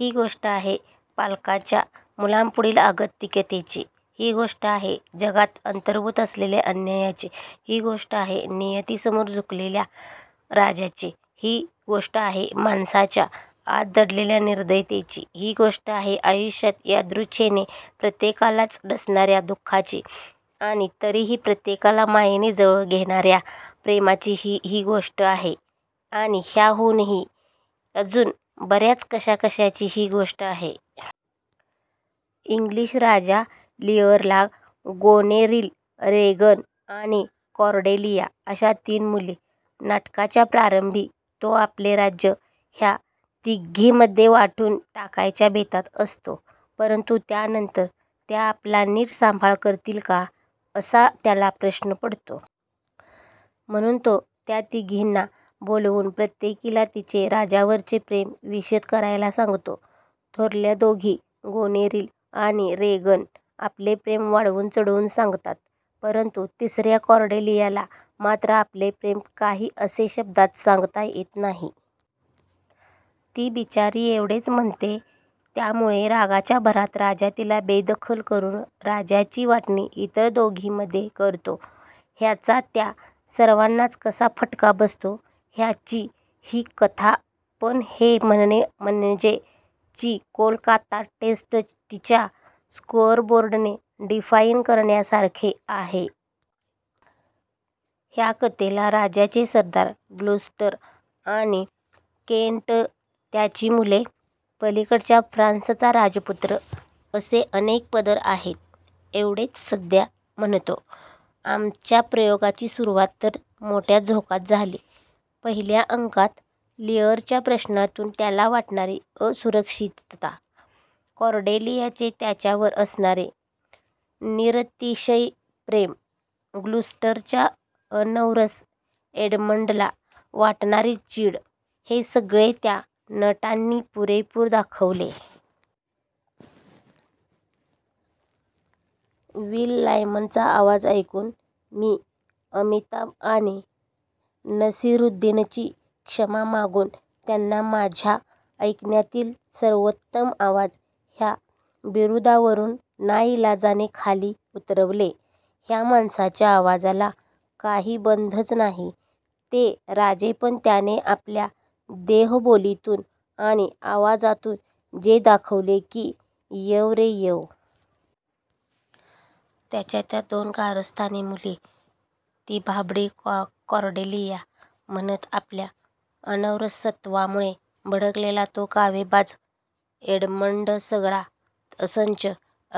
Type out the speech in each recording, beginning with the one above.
ही गोष्ट आहे पालकांच्या मुलांपुढील अगतिकतेची, ही गोष्ट आहे जगात अंतर्भूत असलेल्या अन्यायाची, ही गोष्ट आहे नियतीसमोर झुकलेल्या राजाची, ही गोष्ट आहे माणसाच्या आत दडलेल्या निर्दयतेची, ही गोष्ट आहे आयुष्यात यादृच्छेने प्रत्येकालाच डसणार्या दु:खाची, आणि तरीही प्रत्येकाला मायेने जवळ घेणार्या प्रेमाचीही ही गोष्ट आहे; आणि ह्याहूनही अजून बर्याच कशाकशाची ही गोष्ट आहे. इंग्लिश राजा लीअरला गोनेरील, रेगन, आणि कॉर्डेलिया अशा तीन मुली. नाटकाच्या प्रारंभी तो आपले राज्य ह्या तिघींमध्ये वाटून टाकायच्या बेतात असतो. परंतु त्यानंतर त्या आपला नीट सांभाळ करतील का, असा त्याला प्रश्न पडतो. म्हणून तो त्या तिघींना बोलवून प्रत्येकीला तिचे राजावरचे प्रेम विशद करायला सांगतो. थोरल्या दोघी गोनेरील आणि रेगन आपले प्रेम वाढवून-चढवून सांगतात, परंतु तिसर्या कॉर्डेलियाला मात्र आपले प्रेम काही असे शब्दांत सांगता येत नाही. ती बिचारीएवढेच म्हणते. त्यामुळे रागाच्या भरात राजा तिला बेदखल करून राज्याची वाटणी इतर दोघींमध्ये करतो. ह्याचा त्या सर्वांनाच कसा फटका बसतो, ह्याची ही कथा. पण हे म्हणणे म्हणजे ची कोलकाता टेस्ट तिच्या स्कोअरबोर्डने डिफाईन करण्यासारखे आहे. ह्या कथेला राजाचे सरदार ग्लुस्टर आणि केंट, त्यांची मुले, पलीकडच्या फ्रान्सचा राजपुत्र असे अनेक पदर आहेत एवढेच सध्या म्हणतो. आमच्या प्रयोगाची सुरूवात तर मोठ्या झोकात झाली. पहिल्या अंकात लीअरच्या प्रश्नातून त्याला वाटणारी असुरक्षितता, कॉर्डेलियाचे त्याच्यावर असणारे निरतिशय प्रेम, ग्लुस्टरच्या अनौरस एडमंडला वाटणारी चीड हे सगळे त्या नटांनी पुरेपूर दाखवले. विल लायमनचा आवाज ऐकून मी अमिताभ आणि नसीरुद्दीनची क्षमा मागून त्यांना माझ्या ऐकण्यातील सर्वोत्तम आवाज ह्या बिरुदावरून नाईलाजाने खाली उतरवले. ह्या माणसाच्या आवाजाला काही बंधच नाही. ते राजेपण त्याने आपल्या देहबोलीतून आणि आवाजातून जे दाखवले की यंव रे यंव! त्याच्या त्या दोन कारस्थानी मुली, ती भाबडी कॉर्डेलिया, "?" म्हणत आपल्या अनौरसत्वामुळे भडकलेला तो कावेबाज एडमंडसगळा संच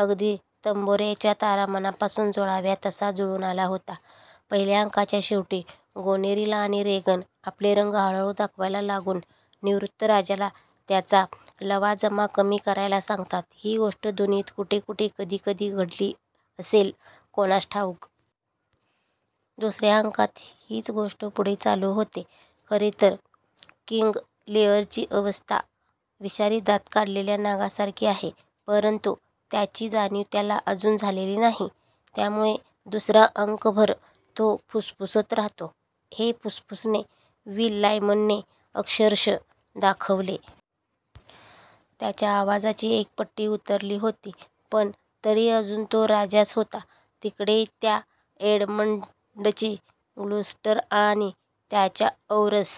अगदी तंबोर्याच्या तारा मनापासून जुळाव्या तसा जुळून आला होता. पहिल्या अंकाच्या शेवटी गोनेरील आणि रेगन आपले रंग हळूहळू दाखवायला लागून निवृत्त राजाला त्याचा लवाजमा कमी करायला सांगतात, ही गोष्ट दुनियेत कुठेकुठे कधीकधी घडली असेल कोणास ठाऊक! दुसर्या अंकात हीच गोष्ट पुढे चालू होते. खरेतर किंग लीअरची अवस्था विषारी दात काढलेल्या नागासारखी आहे, परंतु त्याची जाणीव त्याला अजून झालेली नाही. त्यामुळे दुसरा अंकभर तो फुसफुसत राहतो. हे फुसफुसणे विल लायमनने अक्षरशः दाखवले. त्याच्या आवाजाची एक पट्टी उतरली होती, पण तरी अजून तो राजाच होता. तिकडे त्या एडमंडची ग्लुस्टर आणि त्याच्या औरस